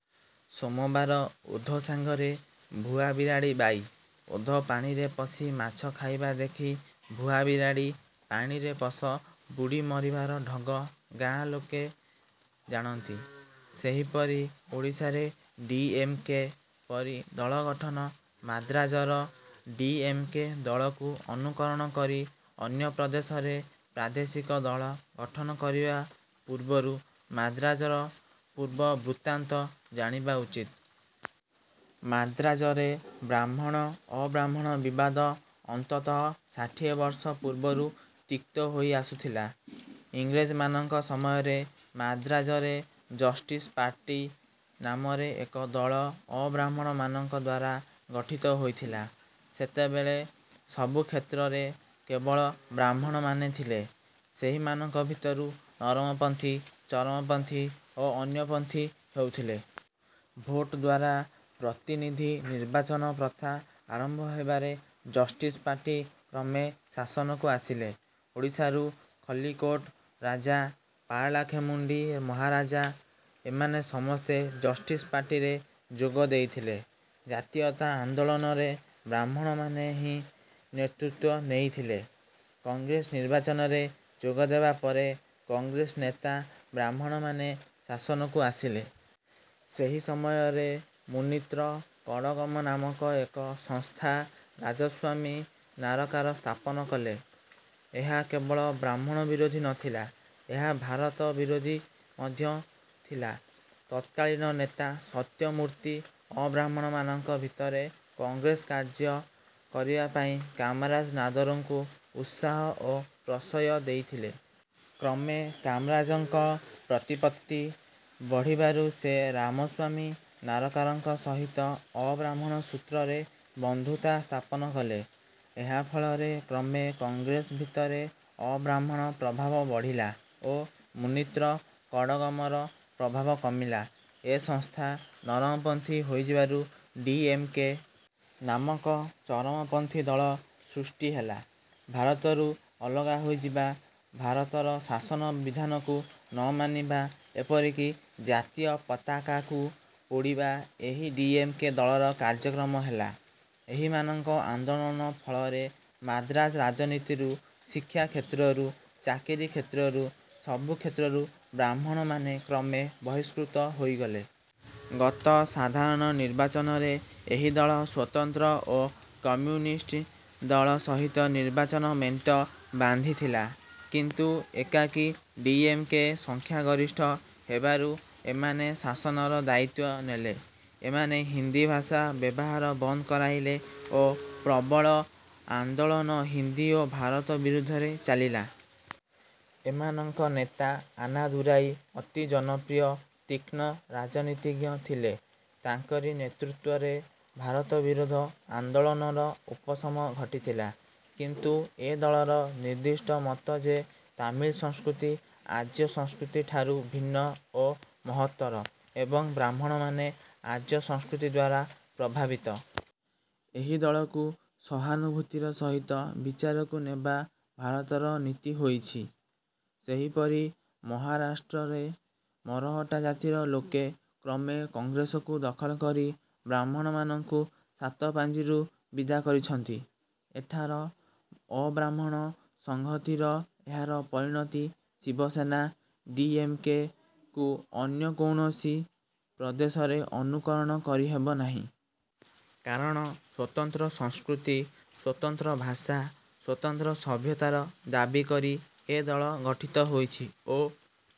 ସୋମବାର ଓଧ ସାଙ୍ଗରେ ଭୁଆ ବିରାଡ଼ି ବାଇ ଓଧ ପାଣିରେ ପଶି ମାଛ ଖାଇବା ଦେଖି ଭୁଆ ବିରାଡ଼ି ପାଣିରେ ପଶ ବୁଡ଼ି ମରିବାର ଢଗ ଗାଁ ଲୋକେ ଜାଣନ୍ତି। ସେହିପରି ଓଡ଼ିଶାରେ ଡି: ଏମ: କେ: ପରି ଦଳ ଗଠନ, ମାନ୍ଦ୍ରାଜର ଡି: ଏମ: କେ ଦଳକୁ ଅନୁକରଣ କରି ଅନ୍ୟ ପ୍ରଦେଶରେ ପ୍ରାଦେଶିକ ଦଳ ଗଠନ କରିବା ପୂର୍ବରୁ ମାନ୍ଦ୍ରାଜର ପୂର୍ବ ବୃତ୍ତାନ୍ତ ଜାଣିବା ଉଚିତ। ମାନ୍ଦ୍ରାଜରେ ବ୍ରାହ୍ମଣ ଅବ୍ରାହ୍ମଣ ବିବାଦ ଅନ୍ତତଃ ଷାଠିଏ ବର୍ଷ ପୂର୍ବରୁ ତିକ୍ତ ହୋଇଆସୁଥିଲା। ଇଂରେଜମାନଙ୍କ ସମୟରେ ମାନ୍ଦ୍ରାଜରେ ଜଷ୍ଟିସ ପାର୍ଟି ନାମରେ ଏକ ଦଳ ଅବ୍ରାହ୍ମଣମାନଙ୍କଦ୍ୱାରା ଗଠିତ ହୋଇଥିଲା। ସେତେବେଳେ ସବୁ କ୍ଷେତ୍ରରେ କେବଳ ବ୍ରାହ୍ମଣମାନେ ଥିଲେ। ସେହିମାନଙ୍କ ଭିତରୁ ନରମପନ୍ଥୀ, ଚରମପନ୍ଥୀ ଓ ଅନ୍ୟ ପନ୍ଥୀ ହେଉଥିଲେ। ଭୋଟଦ୍ୱାରା ପ୍ରତିନିଧି ନିର୍ବାଚନ ପ୍ରଥା ଆରମ୍ଭ ହେବାରେ ଜଷ୍ଟିସ ପାର୍ଟି କ୍ରମେ ଶାସନକୁ ଆସିଲେ। ଓଡ଼ିଶାରୁ ଖଲିକୋଟ ରାଜା, ପାରଳାଖେମୁଣ୍ଡି ମହାରାଜା ଏମାନେ ସମସ୍ତେ ଜଷ୍ଟିସ ପାର୍ଟିରେ ଯୋଗ ଦେଇଥିଲେ। ଜାତୀୟତା ଆନ୍ଦୋଳନରେ ବ୍ରାହ୍ମଣମାନେ ହିଁ ନେତୃତ୍ୱ ନେଇଥିଲେ। କଂଗ୍ରେସ ନିର୍ବାଚନରେ ଯୋଗ ଦେବା ପରେ କଂଗ୍ରେସ ନେତା ବ୍ରାହ୍ମଣମାନେ ଶାସନକୁ ଆସିଲେ। ସେହି ସମୟରେ ମୁନିତ୍ର କଡ଼ଗମ ନାମକ ଏକ ସଂସ୍ଥା ରାମସ୍ୱାମୀ ନାରକାର ସ୍ଥାପନ କଲେ। ଏହା କେବଳ ବ୍ରାହ୍ମଣ ବିରୋଧୀ ନଥିଲା, ଏହା ଭାରତ ବିରୋଧୀ ମଧ୍ୟ ଥିଲା। ତତ୍କାଳୀନ ନେତା ସତ୍ୟମୂର୍ତ୍ତି ଅବ୍ରାହ୍ମଣମାନଙ୍କ ଭିତରେ କଂଗ୍ରେସ କାର୍ଯ୍ୟ କରିବାପାଇଁ କାମରାଜ ନାଦରଙ୍କୁ ଉତ୍ସାହ ଓ ପ୍ରଶ୍ରୟ ଦେଇଥିଲେ। କ୍ରମେ କାମରାଜଙ୍କ ପ୍ରତିପତ୍ତି ବଢ଼ିବାରୁ ସେ ରାମସ୍ୱାମୀ ନାରକାରଙ୍କ ସହିତ ଅବ୍ରାହ୍ମଣ ସୂତ୍ରରେ ବନ୍ଧୁତା ସ୍ଥାପନ କଲେ। ଏହା ଫଳରେ କ୍ରମେ କଂଗ୍ରେସ ଭିତରେ ଅବ୍ରାହ୍ମଣ ପ୍ରଭାବ ବଢ଼ିଲା ଓ ମୁନିତ୍ର କଡ଼ଗମର ପ୍ରଭାବ କମିଲା। ଏ ସଂସ୍ଥା ନରମପନ୍ଥୀ ହୋଇଯିବାରୁ ଡି. ଏମ. କେ. ନାମକ ଚରମପନ୍ଥୀ ଦଳ ସୃଷ୍ଟି ହେଲା। ଭାରତରୁ ଅଲଗା ହୋଇଯିବା, ଭାରତର ଶାସନ ବିଧାନକୁ ନ ମାନିବା, ଏପରିକି ଜାତୀୟ ପତାକାକୁ ପୋଡ଼ିବା ଏହି ଡି. ଏମ. କେ. ଦଳର କାର୍ଯ୍ୟକ୍ରମ ହେଲା। ଏହିମାନଙ୍କ ଆନ୍ଦୋଳନ ଫଳରେ ମାନ୍ଦ୍ରାଜ ରାଜନୀତିରୁ ଶିକ୍ଷାକ୍ଷେତ୍ରରୁ ଚାକିରି କ୍ଷେତ୍ରରୁ, ସବୁ କ୍ଷେତ୍ରରୁ ବ୍ରାହ୍ମଣମାନେ କ୍ରମେ ବହିଷ୍କୃତ ହୋଇଗଲେ। ଗତ ସାଧାରଣ ନିର୍ବାଚନରେ ଏହି ଦଳ ସ୍ୱତନ୍ତ୍ର ଓ କମ୍ୟୁନିଷ୍ଟ ଦଳ ସହିତ ନିର୍ବାଚନ ମେଣ୍ଟ ବାନ୍ଧିଥିଲେ; କିନ୍ତୁ ଏକାକୀ ଡି. ଏମ. କେ. ସଂଖ୍ୟାଗରିଷ୍ଠ ହେବାରୁ ଏମାନେ ଶାସନର ଦାୟିତ୍ୱ ନେଲେ। ଏମାନେ ହିନ୍ଦୀ ଭାଷା ବ୍ୟବହାର ବନ୍ଦ କରାଇଲେ ଓ ପ୍ରବଳ ଆନ୍ଦୋଳନ ହିନ୍ଦୀ ଓ ଭାରତ ବିରୁଦ୍ଧରେ ଚାଲିଲା। ଏମାନଙ୍କ ନେତା ଆନାଦୁରାଇ ଅତି ଜନପ୍ରିୟ ତୀକ୍ଷ୍ଣ ରାଜନୀତିଜ୍ଞ ଥିଲେ। ତାଙ୍କରି ନେତୃତ୍ୱରେ ଭାରତ ବିରୋଧ ଆନ୍ଦୋଳନର ଉପସମ ଘଟିଥିଲା; କିନ୍ତୁ ଏ ଦଳର ନିର୍ଦ୍ଦିଷ୍ଟ ମତ ଯେ ତାମିଲ ସଂସ୍କୃତି ଆର୍ଯ୍ୟ ସଂସ୍କୃତିଠାରୁ ଭିନ୍ନ ଓ ମହତ୍ତର ଏବଂ ବ୍ରାହ୍ମଣମାନେ ଆର୍ଯ୍ୟ ସଂସ୍କୃତିଦ୍ୱାରା ପ୍ରଭାବିତ। ଏହି ଦଳକୁ ସହାନୁଭୂତିର ସହିତ ବିଚାରକୁ ନେବା ଭାରତର ନୀତି ହୋଇଛି। ସେହିପରି ମହାରାଷ୍ଟ୍ରରେ ମରହଟ୍ଟା ଜାତିର ଲୋକେ କ୍ରମେ କଂଗ୍ରେସକୁ ଦଖଲକରି ବ୍ରାହ୍ମଣମାନଙ୍କୁ ସାତପାଞ୍ଜିରୁ ବିଦା କରିଛନ୍ତି। ଏଠାର ଅବ୍ରାହ୍ମଣ ସଂହତିର ଏହାର ପରିଣତି 'ଶିବସେନା', ଡି. ଏମ. କେ. କୁ ଅନ୍ୟ କୌଣସି ପ୍ରଦେଶରେ ଅନୁକରଣ କରିହେବ ନାହିଁ। କାରଣ ସ୍ୱତନ୍ତ୍ର ସଂସ୍କୃତି, ସ୍ୱତନ୍ତ୍ର ଭାଷା, ସ୍ୱତନ୍ତ୍ର ସଭ୍ୟତାର ଦାବି କରି ଏ ଦଳ ଗଠିତ ହୋଇଛି ଓ